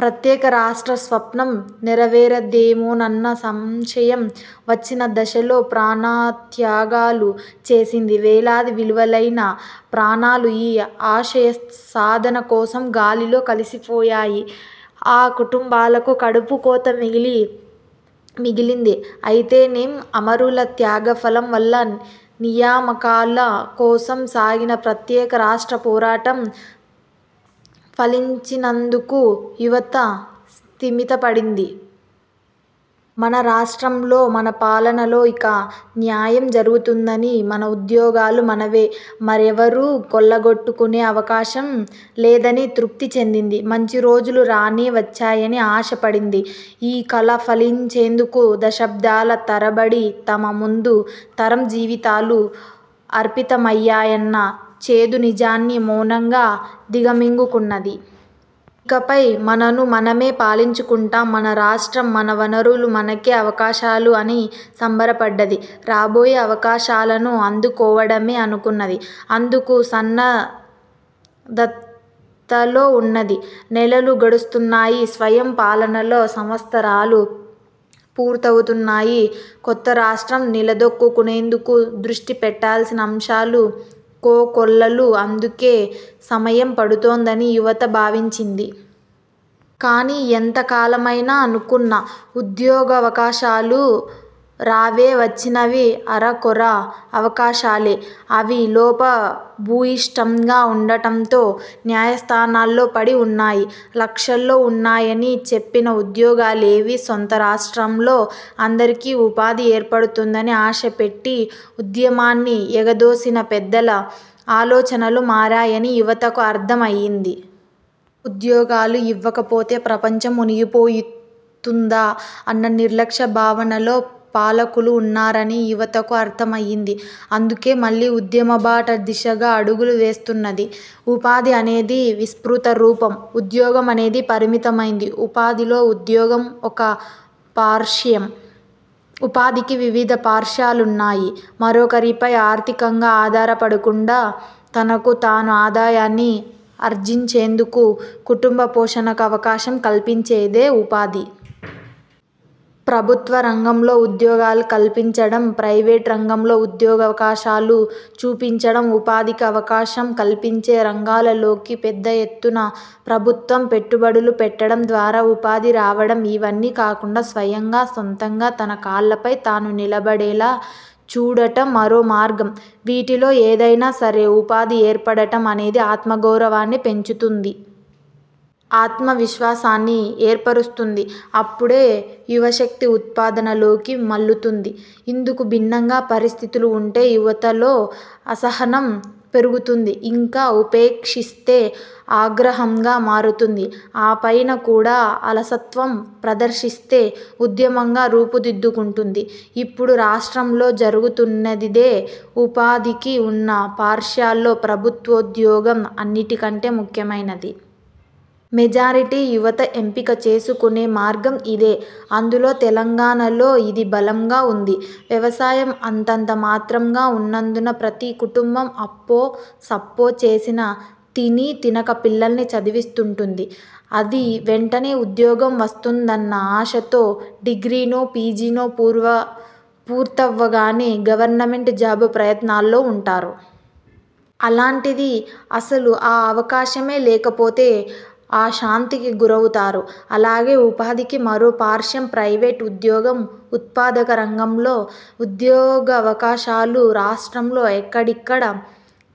ప్రత్యేక రాష్ట్ర స్వప్నం నెరవేరదేమోనన్న సంశయం వచ్చిన దశలో ప్రాణత్యాగాలు చేసింది. వేలాది విలువైన ప్రాణాలు ఈ ఆశయ సాధన కోసం గాలిలో కలిసిపోయాయి. ఆ కుటుంబాలకు కడుపుకోత మిగిలింది. అయితేనేం అమరుల త్యాగఫలం వల్ల నియామకాల కోసం సాగిన ప్రత్యేకరాష్ట్ర పోరాటం ఫలించినందుకు యువత స్థిమితపడింది. మన రాష్ట్రంలో మన పాలనలో ఇక న్యాయం జరుగుతుందని; మన ఉద్యోగాలు మనవే, మరెవరూ కొల్లగొట్టుకునే అవకాశం లేదని తృప్తి చెందింది. మంచి రోజులు రానే వచ్చాయని ఆశ పడింది. ఈ కల ఫలించేందుకు దశాబ్దాల తరబడి తమ ముందు తరం జీవితాలు అర్పితమయ్యాయన్న చేదు నిజాన్ని మౌనంగా దిగమింగుకున్నది. ఇకపై మనను మనమే పాలించుకుంటాం. మన రాష్ట్రం, -మన వనరులు, మనకే అవకాశాలు అని సంబరపడ్డది. రాబోయే అవకాశాలను అందుకోవడమే అనుకున్నది. అందుకు సన్నద్ధతలో ఉన్నది. నెలలు గడుస్తున్నాయి. స్వయంపాలనలో సంవత్సరాలు పూర్తవుతున్నాయి. కొత్తరాష్ట్రం నిలదొక్కుకునేందుకు దృష్టి పెట్టాల్సిన అంశాలు కోకొల్లలు. అందుకే సమయం పడుతోందని యువత భావించింది. కానీ ఎంత కాలమైనా అనుకున్న ఉద్యోగావకాశాలు రావే? వచ్చినవీ అరకొర అవకాశాలే. అవీ లోపభూయిష్టంగా ఉండటంతో న్యాయస్థానాల్లో పడి ఉన్నాయి. లక్షల్లో ఉన్నాయని చెప్పిన ఉద్యోగాలేవీ? సొంత రాష్ట్రంలో అందరికీ ఉపాధి ఏర్పడుతుందని ఆశపెట్టి ఉద్యమాన్ని ఎగదోసిన పెద్దల ఆలోచనలు మారాయని యువతకు అర్థం అయ్యింది. ఉద్యోగాలు ఇవ్వకపోతే ప్రపంచం మునిగిపోతుందా? అన్న నిర్లక్ష్య భావనలో పాలకులు ఉన్నారని యువతకు అర్థమయింది. అందుకే మళ్లీ ఉద్యమబాట దిశగా అడుగులు వేస్తున్నది. ఉపాధి అనేది విస్తృత రూపం. ఉద్యోగం అనేది పరిమితమైంది. ఉపాధిలో ఉద్యోగం ఒక పార్శ్యం. ఉపాధికి వివిధ పార్శ్యాలున్నాయి. మరొకరిపై ఆర్థికంగా ఆధారపడకుండా తనకు తాను ఆదాయాన్ని ఆర్జించేందుకు, కుటుంబ పోషణకు అవకాశం కల్పించేదే ఉపాధి. ప్రభుత్వ రంగంలో ఉద్యోగాలు కల్పించడం, ప్రైవేట్ రంగంలో ఉద్యోగావకాశాలు చూపించడం, ఉపాధికి అవకాశం కల్పించే రంగాలలోకి పెద్ద ఎత్తున ప్రభుత్వం పెట్టుబడులు పెట్టడం ద్వారా ఉపాధి రావడం, ఇవన్నీ కాకుండా స్వయంగా సొంతంగా తన కాళ్లపై తాను నిలబడేలా చూడటం మరో మార్గం. వీటిలో ఏదైనా సరే ఉపాధి ఏర్పడటం అనేది ఆత్మగౌరవాన్ని పెంచుతుంది. ఆత్మవి శ్వాసాన్ని ఏర్పరుస్తుంది. అప్పుడే యువశక్తి ఉత్పాదనలోకి మళ్లుతుంది. ఇందుకు భిన్నంగా పరిస్థితులు ఉంటే యువతలో అసహనం పెరుగుతుంది. ఇంకా ఉపేక్షిస్తే ఆగ్ర హంగా మారుతుంది. ఆపైన కూడా అలసత్వం ప్రదర్శిస్తే ఉద్యమంగా రూపుదిద్దుకుంటుంది. ఇప్పుడు రాష్ట్రంలో జరుగుతున్నదిదే. ఉపాధికి ఉన్న పార్శ్యాల్లో ప్రభుత్వో ద్యోగం అన్నింటికంటే ముఖ్యమైనది. మెజారిటీ యువత ఎంపిక చేసుకునే మార్గం ఇదే. అందులో తెలంగాణలో ఇది బలంగా ఉంది. వ్యవసాయం అంతంత మాత్రంగా ఉన్నందున ప్రతి కుటుంబం అప్పో సప్పో చేసిన తినీతినక పిల్లల్ని చదివిస్తుంటుంది. అదీ వెంటనే ఉద్యోగం వస్తుందన్న ఆశతో. డిగ్రీనో, పీజీనో పూర్తవ్వగానే గవర్నమెంట్ జాబ్ ప్రయత్నాల్లో ఉంటారు. అలాంటిది అసలు ఆ అవకాశమే లేకపోతే అశాంతికి గురవుతారు. అలాగే ఉపాధికి మరో పార్శ్యం ప్రైవేట్ ఉద్యోగం. ఉత్పాదక రంగంలో ఉద్యోగావకాశాలు రాష్ట్రంలో ఎక్కడికక్కడ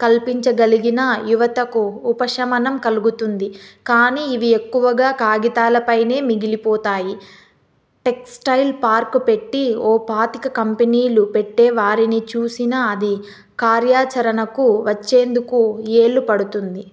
కల్పించగలిగినా యువతకు ఉపశమనం కలుగుతుంది. కానీ ఇవి ఎక్కువగా కాగితాలపైనే మిగిలిపోతాయి. టెక్స్టైల్ పార్క్ పెట్టి ఓ పాతిక కంపెనీలు పెట్టేవారిని చూసినా అది కార్యాచరణకు వచ్చేందుకు ఏళ్లు పడుతుంది.